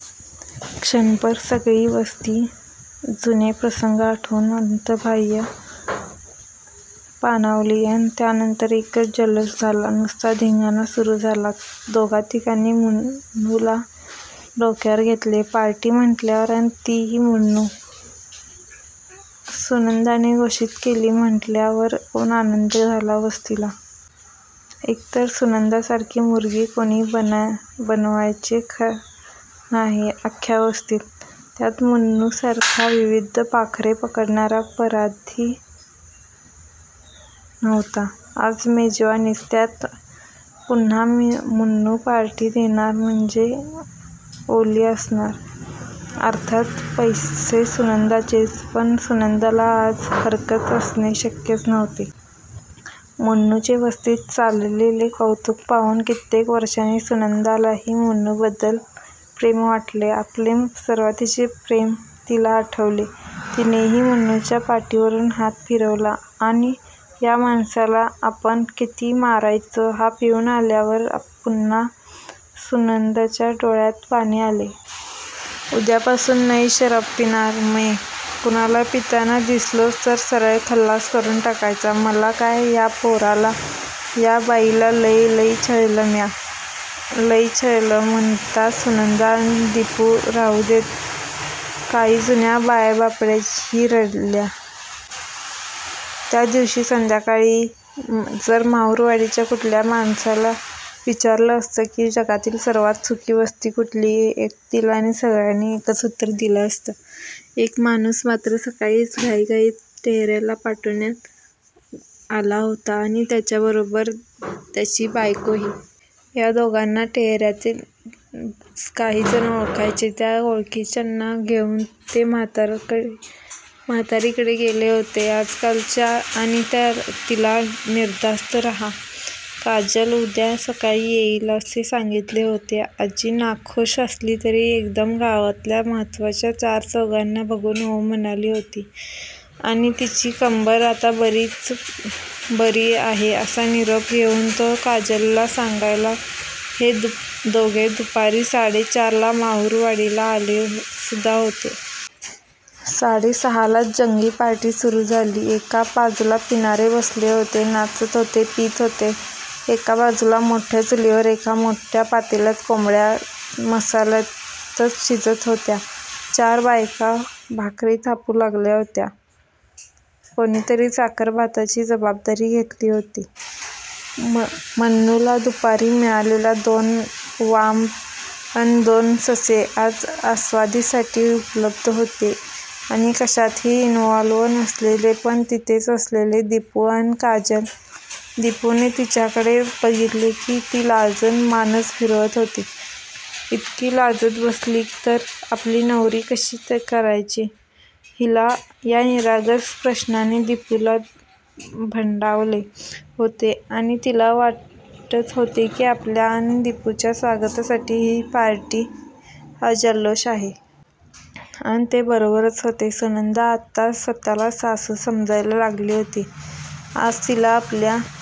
क्षणभर सगळी वस्ती जुने प्रसंग आठवून अंतर्बाह्य पाणावली. अन त्यानंतर एकच जल्लोष झाला. नुसता धिंगाणा सुरू झाला. दोघातिघांनी मन्नूला डोक्यावर घेतले. पार्टी म्हंटल्यावर अन तीही मन्नू, सुनंदाने घोषित केली म्हंटल्यावर कोण आनंद झाला वस्तीला. एकतर सुनंदासारखी मुर्गी कुणी बनवायचे नाही अख्ख्या वस्तीत! त्यात मन्नूसारखा विविध पाखरे पकडणारा पारधी नव्हता. आज मेजवानीच! त्यात पुन्हा मन्नू पार्टी देणार म्हणजे ओली असणार! अर्थात, पैसे सुनंदाचेच! पण सुनंदाला आज हरकत असणे शक्यच नव्हते. मन्नूचे वस्तीत चाललेले कौतूक पाहून कित्येक वर्षांनी सुनंदालाही मन्नूबद्दल प्रेम वाटले. आपले सुरुवातीचे प्रेम तिला आठवले. तिनेही मन्नूच्या पाठीवरून हात फिरवला. या माणसाला आपण किती मारायचो हा पिऊन आल्यावर! पुन्हा सुनंदाच्या डोळ्यात पाणी आले. उद्यापासून नय शराब पिणार मय. कुनाला पिताना दिसलोच तर सरळ खल्लास करून टाकायचा मला काय या पोराला, या बाईला लय लय छळलं म्या. 'लय छळलं' म्हणता सुनंदा अन दिपू राहूदेत. काही जुन्या बायाबापड्याही रडल्या. त्या दिवशी संध्याकाळी जर महुरवाडीच्या कुठल्याही माणसाला विचारलं असतं की जगातील सर्वात सुखी वस्ती कुठली? एकदिलाने सगळ्यांनी एकच उत्तर दिलं असतं! एक माणूस मात्र सकाळीच घाईघाईत टहेर्याला पाठवण्यात आला होता आणि त्याच्या बरोबर त्याची बायकोही. या दोघांना टहेर्यातील काही जण ओळखायचे. त्या ओळखीच्यांना घेऊन ते म्हातारीकडे गेले होते काजलच्या आणि तिला निर्धास्त रहा, काजल उद्या सकाळी येईल असे सांगीतले होते. आजी नाखुष असली तरी एकदम गावातल्या महत्वाच्या चारचौघांना बघून हो म्हणाली होती आणि तिची कंबर आता बरीच बरी आहे असा निरोप घेऊन तो काजलला सांगायला हे दोघे दुपारी साडे चारला महुरवाडीला आले सुद्धा होते. साडे सहालाच जंगी पार्टी सुरू झाली. एका बाजूला पिणारे बसले होते. नाचत होते. पीत होते. एका बाजूला मोठ्या चुलीवर एका मोठ्या पातेल्यात कोंबड्या मसाल्यातच शिजत होत्या. चार बायका भाकरी थापू लागल्या होत्या. कुणीतरी साखरभाताची जबाबदारी घेतली होती. मन्नूला दुपारी मिळालेल्या दोन वांब अन दोन ससे आज आस्वादासाठी उपलब्ध होते आणि कशातही इन्व्हॉल्व्ह नसलेले पण तिथेच असलेले दिपू अन काजल, दिपूने तिच्याकडे बघितले की ती लाजून मानच फिरवत होती. इतकी लाजत बसली तर आपली नवरी कशी करायची हिला या निरागस प्रश्नाने दिपूला भंडावले होते आणि तिला वाटत होते की आपल्या अन दिपूच्या स्वागतासाठी ही पार्टी, हा जल्लोष आहे. अन ते बरोबरच होते. सुनंदा आत्ताच स्वतःला सासू समजायला लागली होती. आज तिला आपल्या